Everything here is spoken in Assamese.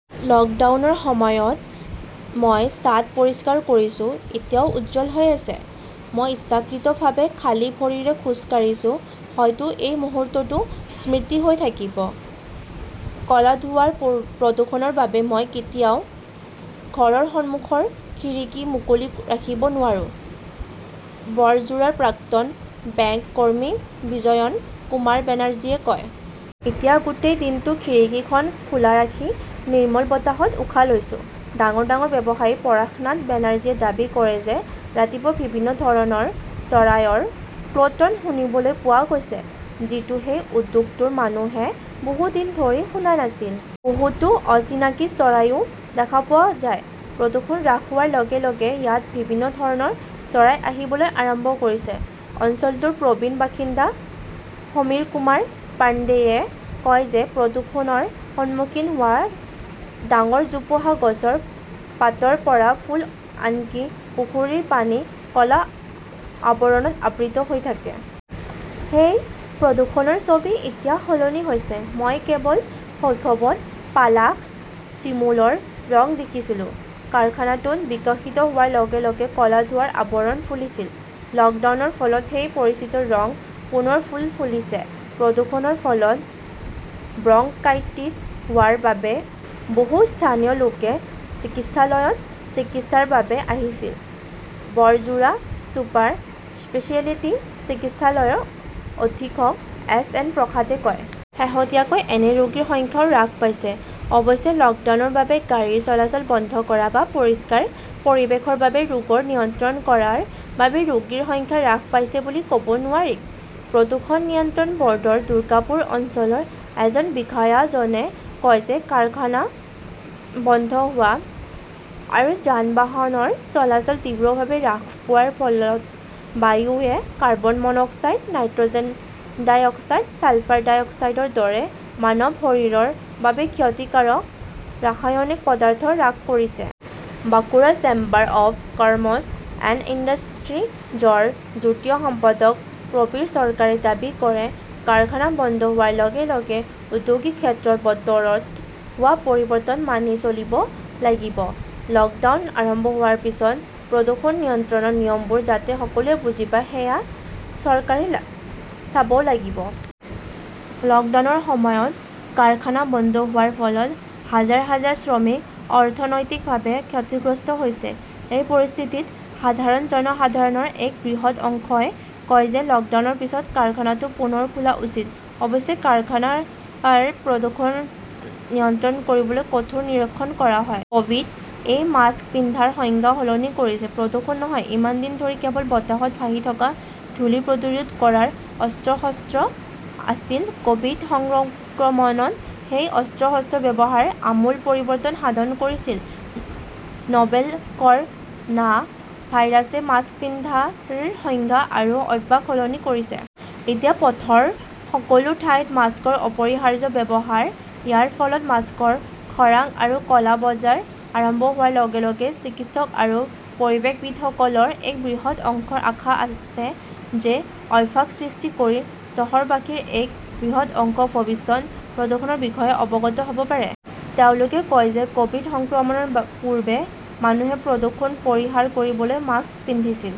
লকডাউনৰ সময়ত মই ছাদ পৰিষ্কাৰ কৰিছো, এতিয়াও উজ্জ্বল হৈ আছে। মই ইচ্ছাকৃতভাৱে খালী ভৰিৰে খোজ কাঢ়িছো, হয়তো এই মুহূৰ্তটো স্মৃতি হৈ থাকিব। কলা ধোঁৱাৰ প্ৰদূষণৰ বাবে মই কেতিয়াও ঘৰৰ সন্মুখৰ খিৰিকী মুকলি ৰাখিব নোৱাৰো, বৰজোৰাৰ প্ৰাক্তন বেংক কৰ্মী বিজয়ন কুমাৰ বেনাৰ্জীয়ে কয়। এতিয়া গোটেই দিনটো খিৰিকীখন খোলা ৰাখি নিৰ্মল বতাহত উশাহ লৈছো। ডাঙৰ-ডাঙৰ ব্যৱসায়ী পৰেশনাথ বেনাৰ্জীয়ে দাবী কৰে যে ৰাতিপুৱা বিভিন্ন ধৰণৰ চৰাইৰ কোল্টন শুনিবলৈ পোৱা গৈছে, যিটো সেই উদ্যোগটোৰ মানুহে বহু দিন ধৰি শুনা নাছিল। বহুতো অচিনাকি চৰাইও দেখা পোৱা যায়। প্ৰদূষণ হ্ৰাস হোৱাৰ লগে-লগে ইয়াত বিভিন্ন ধৰণৰ চৰাই আহিবলৈ আৰম্ভ কৰিছে। অঞ্চলটোৰ প্ৰবীণ বাসিন্দা সমীৰকুমাৰ পাণ্ডেয়ে কয় যে প্ৰদূষণৰ সন্মুখীন হোৱা ডাঙৰ জোপোহা গছৰ পাতৰ পৰা ফুল-আনকি পুখুৰীৰ পানী ক'লা আৱৰণত আবৃত হৈ থাকে। সেই প্ৰদূষণৰ ছবি এতিয়া সলনি হৈছে। মই কেৱল শৈশৱত পালাস, চিমুলৰ ৰং দেখিছিলোঁ। কাৰখানাটো বিকশিত হোৱাৰ লগে-লগে ক'লা ধোঁৱাৰ আৱৰণ ফুলিছিল। লকডাউনৰ ফলত সেই পৰিচিত ৰং পুনৰ ফুল ফুলিছে। প্ৰদূষণৰ ফলত ব্ৰংকাইটিছ হোৱাৰ বাবে বহু স্থানীয় লোকে চিকিৎসালয়ত চিকিৎসাৰ বাবে আহিছিল, বৰজোড়া ছুপাৰ স্পেচিয়েলিটি চিকিৎসালয়ৰ অধীক্ষক এছ এন প্ৰসাদে কয়। শেহতীয়াকৈ এনে ৰোগীৰ সংখ্যাও হ্ৰাস পাইছে। অৱশ্যে, লকডাউনৰ বাবে গাড়ীৰ চলাচল বন্ধ কৰা, বা পৰিষ্কাৰ পৰিৱেশৰ বাবে ৰোগৰ নিয়ন্ত্ৰণ কৰাৰ বাবে ৰোগীৰ সংখ্যা হ্ৰাস পাইছে বুলি কব নোৱাৰি। প্ৰদূষণ নিয়ন্ত্ৰণ বৰ্ডৰ দুৰ্গাপুৰ অঞ্চলৰ এজন বিষয়াজনে কয় যে কাৰখানা বন্ধ হোৱা আৰু যান-বাহনৰ চলাচল তীব্ৰভাৱে হ্ৰাস পোৱাৰ ফলত বায়ুৱে carbon monoxide, nitrogen dioxide, sulphur ডাই অক্সাইডৰ দৰে মানৱ শৰীৰৰ বাবে ক্ষতিকাৰক ৰাসায়নিক পদাৰ্থ হ্ৰাস কৰিছে। Bankura chamber of commerce and ইণ্ডাষ্ট্ৰীজৰ যুটীয়া সম্পাদক প্ৰবীৰ চৰকাৰে দাবী কৰে, কাৰখানা বন্ধ হোৱাৰ লগে-লগে ঔদ্যোগিক ক্ষেত্ৰৰ বতৰত হোৱা পৰিৱৰ্তন মানি চলিব লাগিব। লকডাউন আৰম্ভ হোৱাৰ পিছত প্ৰদূষণ নিয়ন্ত্ৰণৰ নিয়মবোৰ যাতে সকলোৱে বুজি পায় সেয়া চৰকাৰে চাব লাগিব। লকডাউনৰ সময়ত কাৰখানা বন্ধ হোৱাৰ ফলত হাজাৰ-হাজাৰ শ্ৰমিক অৰ্থনৈতিকভাৱে ক্ষতিগ্ৰস্ত হৈছে। এই পৰিস্থিতিত সাধাৰণ জনসাধাৰণৰ এক বৃহৎ অংশই কয় যে 'লকডাউনৰ পিছত কাৰখানাটো পুনৰ খোলা উচিত। অৱশ্যে, কাৰখানাৰ প্ৰদূষণ নিয়ন্ত্ৰণ কৰিবলৈ কঠোৰ নিৰীক্ষণ কৰা হয়। কভিড এ মাস্ক পিন্ধাৰ সংজ্ঞা সলনি কৰিছে, প্ৰদূষণ নহয় ইমান দিন ধৰি কেৱল বতাহত ভাহি থকা ধূলি প্ৰতিৰোধ কৰাৰ 'অস্ত্ৰ-শস্ত্ৰ' আছিল, কভিড সংক্ৰমণত সেই 'অস্ত্ৰ-শস্ত্ৰৰ' ব্যৱহাৰে আমূল পৰিৱৰ্তন সাধন কৰিছিল। নভেল কৰ 'না ভাইৰাছে মাস্ক পিন্ধাৰ সংজ্ঞা আৰু অভ্যাস সলনি কৰিছে। এতিয়া পথৰ সকলো ঠাইত মাস্কৰ অপৰিহাৰ্য ব্যৱহাৰ। ইয়াৰ ফলত মাস্কৰ খৰাং আৰু ক 'লা বজাৰ আৰম্ভ হোৱাৰ লগে-লগে চিকিৎসক আৰু পৰিৱেশবিদসকলৰ এক বৃহৎ অংশৰ আশা আছে যে এই অভ্যাস সৃষ্টি কৰি চহৰবাসীৰ এক বৃহৎ অংশ ভৱিষ্যত প্ৰদূষণৰ বিষয়ে অৱগত হ' ব পাৰে। তেওঁলোকে কয় যে কভিড সংক্ৰমণৰ পূৰ্বে মানুহে প্ৰদূষণ পৰিহাৰ কৰিবলৈ মাস্ক পিন্ধিছিল।